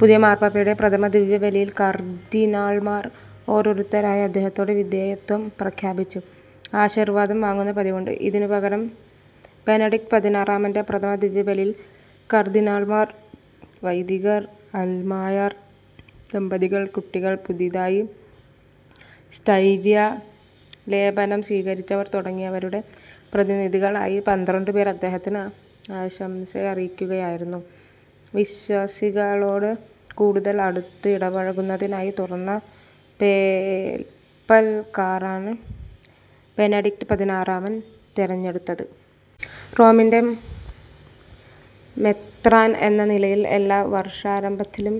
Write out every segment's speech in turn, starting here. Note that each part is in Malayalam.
പുതിയ മാർപ്പാപ്പയുടെ പ്രഥമ ദിവ്യബലിയിൽ കർദ്ദിനാൾമാർ ഓരോരുത്തരായി അദ്ദേഹത്തോട് വിധേയത്വം പ്രഖ്യാപിച്ച് ആശീർവാദം വാങ്ങുന്ന പതിവുണ്ട്. ഇതിനു പകരം ബെനഡിക്ട് പതിനാറാമൻ്റെ പ്രഥമ ദിവ്യബലിയിൽ കർദ്ദിനാൾമാർ, വൈദികർ, അൽമായർ, ദമ്പതികൾ, കുട്ടികൾ, പുതിയതായി സ്ഥൈര്യലേപനം സ്വീകരിച്ചവർ തുടങ്ങിയവരുടെ പ്രതിനിധികളായി പന്ത്രണ്ടുപേർ അദ്ദേഹത്തിന് ആശംസയറിയിക്കുകയായിരുന്നു. വിശ്വാസികളോട് കൂടുതൽ അടുത്ത് ഇടപഴകുന്നതിനായി തുറന്ന പേപ്പൽ കാറാണ് ബെനഡിക്ട് പതിനാറാമൻ തെരഞ്ഞെടുത്തത്. റോമിൻ്റെ മെത്രാൻ എന്ന നിലയിൽ എല്ലാ വർഷാരംഭത്തിലും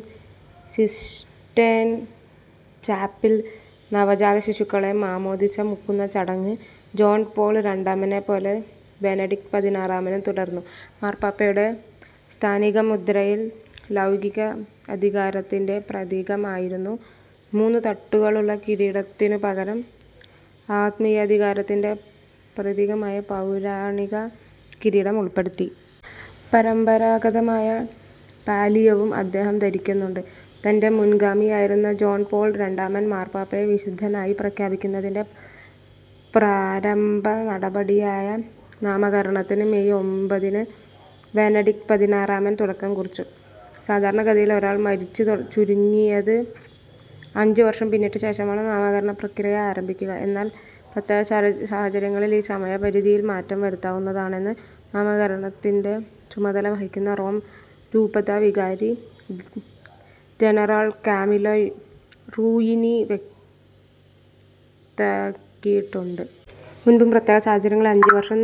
സിസ്റ്റൈൻ ചാപ്പിൽ നവജാത ശിശുക്കളെ മാമ്മോദീസ മുക്കുന്ന ചടങ്ങ് ജോൺ പോൾ രണ്ടാമനെപ്പോലെ ബെനഡിക്ട് പതിനാറാമനും തുടർന്നു. മാർപ്പാപ്പയുടെ സ്ഥാനിക മുദ്രയിൽ ലൗകിക അധികാരത്തിൻ്റെ പ്രതീകമായിരുന്ന മൂന്ന് തട്ടുകളുള്ള കിരീടത്തിനു പകരം ആത്മീയാധികാരത്തിൻ്റെ പ്രതീകമായ പൗരാണിക കിരീടം ഉൾപ്പെടുത്തി. പരമ്പരാഗതമായ പാല്ലിയവും അദ്ദേഹം ധരിക്കുന്നുണ്ട്. തൻ്റെ മുൻഗാമിയായിരുന്ന ജോൺ പോൾ രണ്ടാമൻ മാർപ്പാപ്പയെ വിശുദ്ധനായി പ്രഖ്യാപിക്കുന്നതിൻ്റെ പ്രാരംഭ നടപടിയായ നാമകരണത്തിന് മേയ് ഒമ്പതിന് ബെനഡിക്ട് പതിനാറാമൻ തുടക്കം കുറിച്ചു. സാധാരണ ഗതിയിൽ ഒരാൾ മരിച്ച് ചുരുങ്ങിയത് അഞ്ച് വർഷം പിന്നിട്ട ശേഷമാണ് നാമകരണ പ്രക്രിയ ആരംഭിക്കുക. എന്നാൽ പ്രത്യേക സാ സാഹചര്യങ്ങളിൽ ഈ സമയപരിധിയിൽ മാറ്റം വരുത്താവുന്നതാണെന്ന് നാമകരണത്തിൻ്റെ ചുമതല വഹിക്കുന്ന റോം രൂപതാ വികാരി ജനറാൾ കാമില്ലോ റൂയിനി വ്യക്താക്കിയിട്ടുണ്ട്. മുൻപും പ്രത്യേക സാഹചര്യങ്ങളിൽ അഞ്ച് വർഷം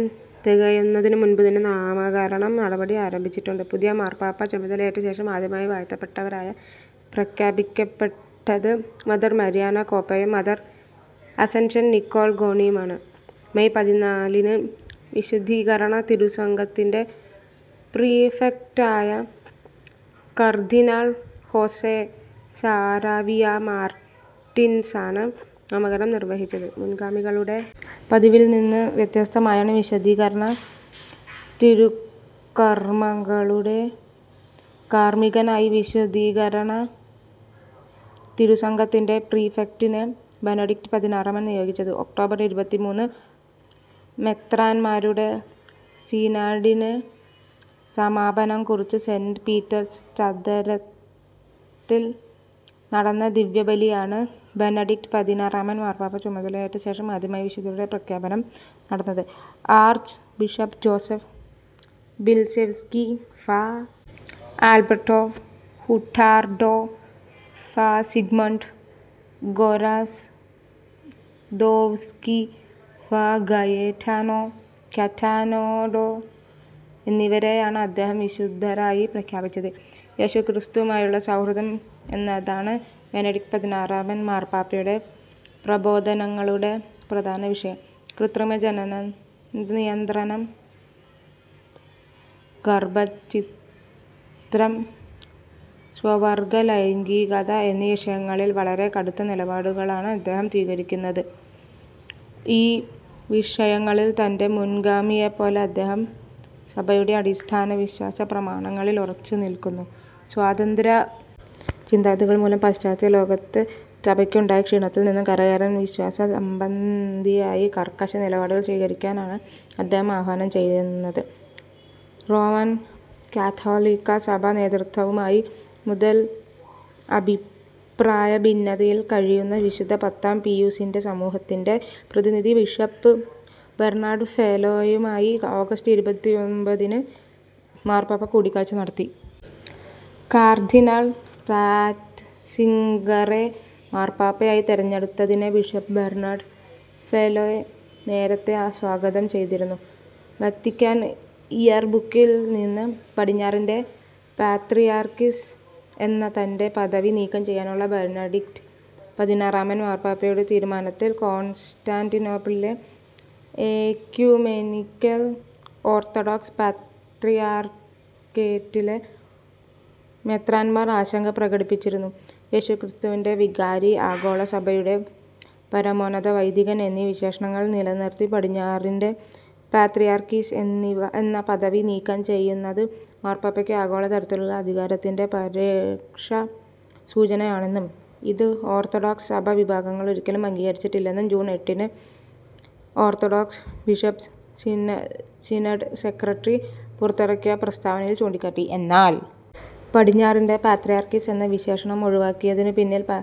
തികയുന്നതിനു മുൻപ് തന്നെ നാമകരണ നടപടി ആരംഭിച്ചിട്ടുണ്ട്. പുതിയ മാർപ്പാപ്പ ചുമതലയേറ്റശേഷം ആദ്യമായി വാഴ്ത്തപ്പെട്ടവരായ പ്രഖ്യാപിക്കപ്പെട്ടത് മദർ മരിയാനെ കോപെയും മദർ അസെൻഷൻ നിക്കോൾ ഗോണിയുമാണ്. മേയ് പതിനാലിന് വിശുദ്ധീകരണ തിരുസംഘത്തിൻ്റെ പ്രീഫെക്ടായ കർദ്ദിനാൾ ഹോസെ സാരാവിയ മാർട്ടിൻസാണ് നാമകരണം നിർവഹിച്ചത്. മുൻഗാമികളുടെ പതിവിൽനിന്ന് വ്യത്യസ്തമായാണ് വിശുദ്ധീകരണ തിരുക്കർമകളുടെ കാർമികനായി വിശുദ്ധീകരണ തിരുസംഘത്തിൻ്റെ പ്രീഫെക്ടിനെ ബെനഡിക്ട് പതിനാറാമൻ നിയോഗിച്ചത്. ഒക്ടോബർ ഇരുപത്തിമൂന്ന് മെത്രാൻമാരുടെ സിനാഡിനെ സമാപനം കുറിച്ച് സെന്റ് പീറ്റേഴ്സ് ചത്വരത്തിൽ നടന്ന ദിവ്യബലിയിലാണ് ബെനഡിക്ട് പതിനാറാമൻ മാർപ്പാപ്പ ചുമതലയേറ്റശേഷം ആദ്യമായി വിശുദ്ധരുടെ പ്രഖ്യാപനം നടന്നത്. ആർച്ച് ബിഷപ്പ് ജോസഫ് ബിൽസെവ്സ്കി, ഫാ. ആൽബെർട്ടോ ഹുട്ടാർഡോ, ഫാ. സിഗ്മണ്ട് ഗൊരാസ്ദോവ്സ്കി, ഫാ. ഗയെറ്റാനോ കറ്റനോഡോ എന്നിവരെയാണ് അദ്ദേഹം വിശുദ്ധരായി പ്രഖ്യാപിച്ചത്. യേശുക്രിസ്തുവുമായുള്ള സൗഹൃദം എന്നതാണ് ബെനഡിക്ട് പതിനാറാമൻ മാർപ്പാപ്പയുടെ പ്രബോധനങ്ങളുടെ പ്രധാന വിഷയം. കൃത്രിമ ജനനനിയന്ത്രണം, ഗർഭഛിദ്രം, സ്വവർഗ ലൈംഗീകത എന്നീ വിഷയങ്ങളിൽ വളരെ കടുത്ത നിലപാടുകളാണ് അദ്ദേഹം സ്വീകരിക്കുന്നത്. ഈ വിഷയങ്ങളിൽ തൻ്റെ മുൻഗാമിയെപ്പോലെ അദ്ദേഹം സഭയുടെ അടിസ്ഥാന വിശ്വാസ പ്രമാണങ്ങളിൽ ഉറച്ചുനിൽക്കുന്നു. സ്വതന്ത്ര ചിന്താഗതികൾ മൂലം പാശ്ചാത്യ ലോകത്ത് സഭയ്ക്കുണ്ടായ ക്ഷീണത്തിൽനിന്നും കരകയറാൻ വിശ്വാസ സംബന്ധിയായി കർക്കശ നിലപാടുകൾ സ്വീകരിക്കാനാണ് അദ്ദേഹം ആഹ്വാനം ചെയ്യുന്നത്. റോമൻ കാത്തോലിക്കാ സഭാ നേതൃത്വവുമായി മുതൽ അഭിപ്രായ ഭിന്നതയിൽ കഴിയുന്ന വിശുദ്ധ പത്താം പീയുസിൻ്റെ സമൂഹത്തിൻ്റെ പ്രതിനിധി ബിഷപ്പ് ബെർനാഡ് ഫെലേയുമായി ഓഗസ്റ്റ് ഇരുപത്തിയൊമ്പതിന് മാർപ്പാപ്പ കൂടിക്കാഴ്ച നടത്തി. കാർദ്ദിനാൾ റാറ്റ്സിംഗറെ മാർപ്പാപ്പയായി തെരഞ്ഞെടുത്തതിനെ ബിഷപ്പ് ബെർനാഡ് ഫെലേ നേരത്തെ സ്വാഗതം ചെയ്തിരുന്നു. വത്തിക്കാൻ ഇയർ ബുക്കിൽനിന്ന് പടിഞ്ഞാറിൻ്റെ പാത്രിയാർക്കീസ് എന്ന തൻ്റെ പദവി നീക്കം ചെയ്യാനുള്ള ബെനഡിക്ട് പതിനാറാമൻ മാർപ്പാപ്പയുടെ തീരുമാനത്തിൽ കോൺസ്റ്റാന്റിനോപ്പിളിലെ എക്യുമെനിക്കൽ ഓർത്തഡോക്സ് പാത്രിയാർക്കേറ്റിലെ മെത്രാൻമാർ ആശങ്ക പ്രകടിപ്പിച്ചിരുന്നു. യേശുക്രിസ്തുവിൻ്റെ വികാരി, ആഗോള സഭയുടെ പരമോന്നത വൈദികൻ എന്നീ വിശേഷണങ്ങൾ നിലനിർത്തി പടിഞ്ഞാറിൻ്റെ പാത്രിയാർക്കീസ് എന്നിവ എന്ന പദവി നീക്കം ചെയ്യുന്നത് മാർപ്പാപ്പയ്ക്ക് ആഗോള തലത്തിലുള്ള അധികാരത്തിൻ്റെ പരോക്ഷ സൂചനയാണെന്നും ഇത് ഓർത്തഡോക്സ് സഭാ വിഭാഗങ്ങൾ ഒരിക്കലും അംഗീകരിച്ചിട്ടില്ലെന്നും ജൂൺ എട്ടിന് ഓർത്തഡോക്സ് ബിഷപ്പ്സ് സിന സിനഡ് സെക്രട്ടറി പുറത്തിറക്കിയ പ്രസ്താവനയിൽ ചൂണ്ടിക്കാട്ടി. എന്നാൽ പടിഞ്ഞാറിൻ്റെ പാത്രിയാർക്കീസ് എന്ന വിശേഷണം ഒഴിവാക്കിയതിനു പിന്നിൽ പൗ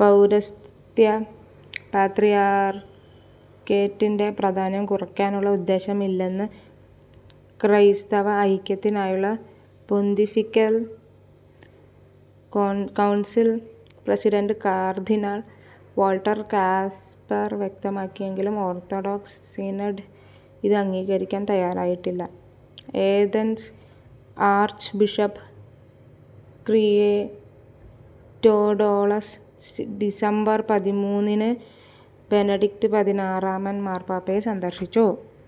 പൗരസ്ത്യ പാത്രിയാർക്കേറ്റിൻ്റെ പ്രാധാന്യം കുറയ്ക്കാനുള്ള ഉദ്ദേശ്യമില്ലെന്ന് ക്രൈസ്തവ ഐക്യത്തിനായുള്ള പൊന്തിഫിക്കൽ കൗ കൗൺസിൽ പ്രസിഡന്റ് കാർദ്ദിനാൾ വാൾട്ടർ കാസ്പെർ വ്യക്തമാക്കിയെങ്കിലും ഓർത്തഡോക്സ് സിനഡ് ഇത് അംഗീകരിക്കാൻ തയ്യാറായിട്ടില്ല. Athens archbishop Christodoulos December പതിമൂന്നിന് ബെനഡിക്ട് പതിനാറാമൻ മാർപ്പാപ്പയെ സന്ദർശിച്ചു.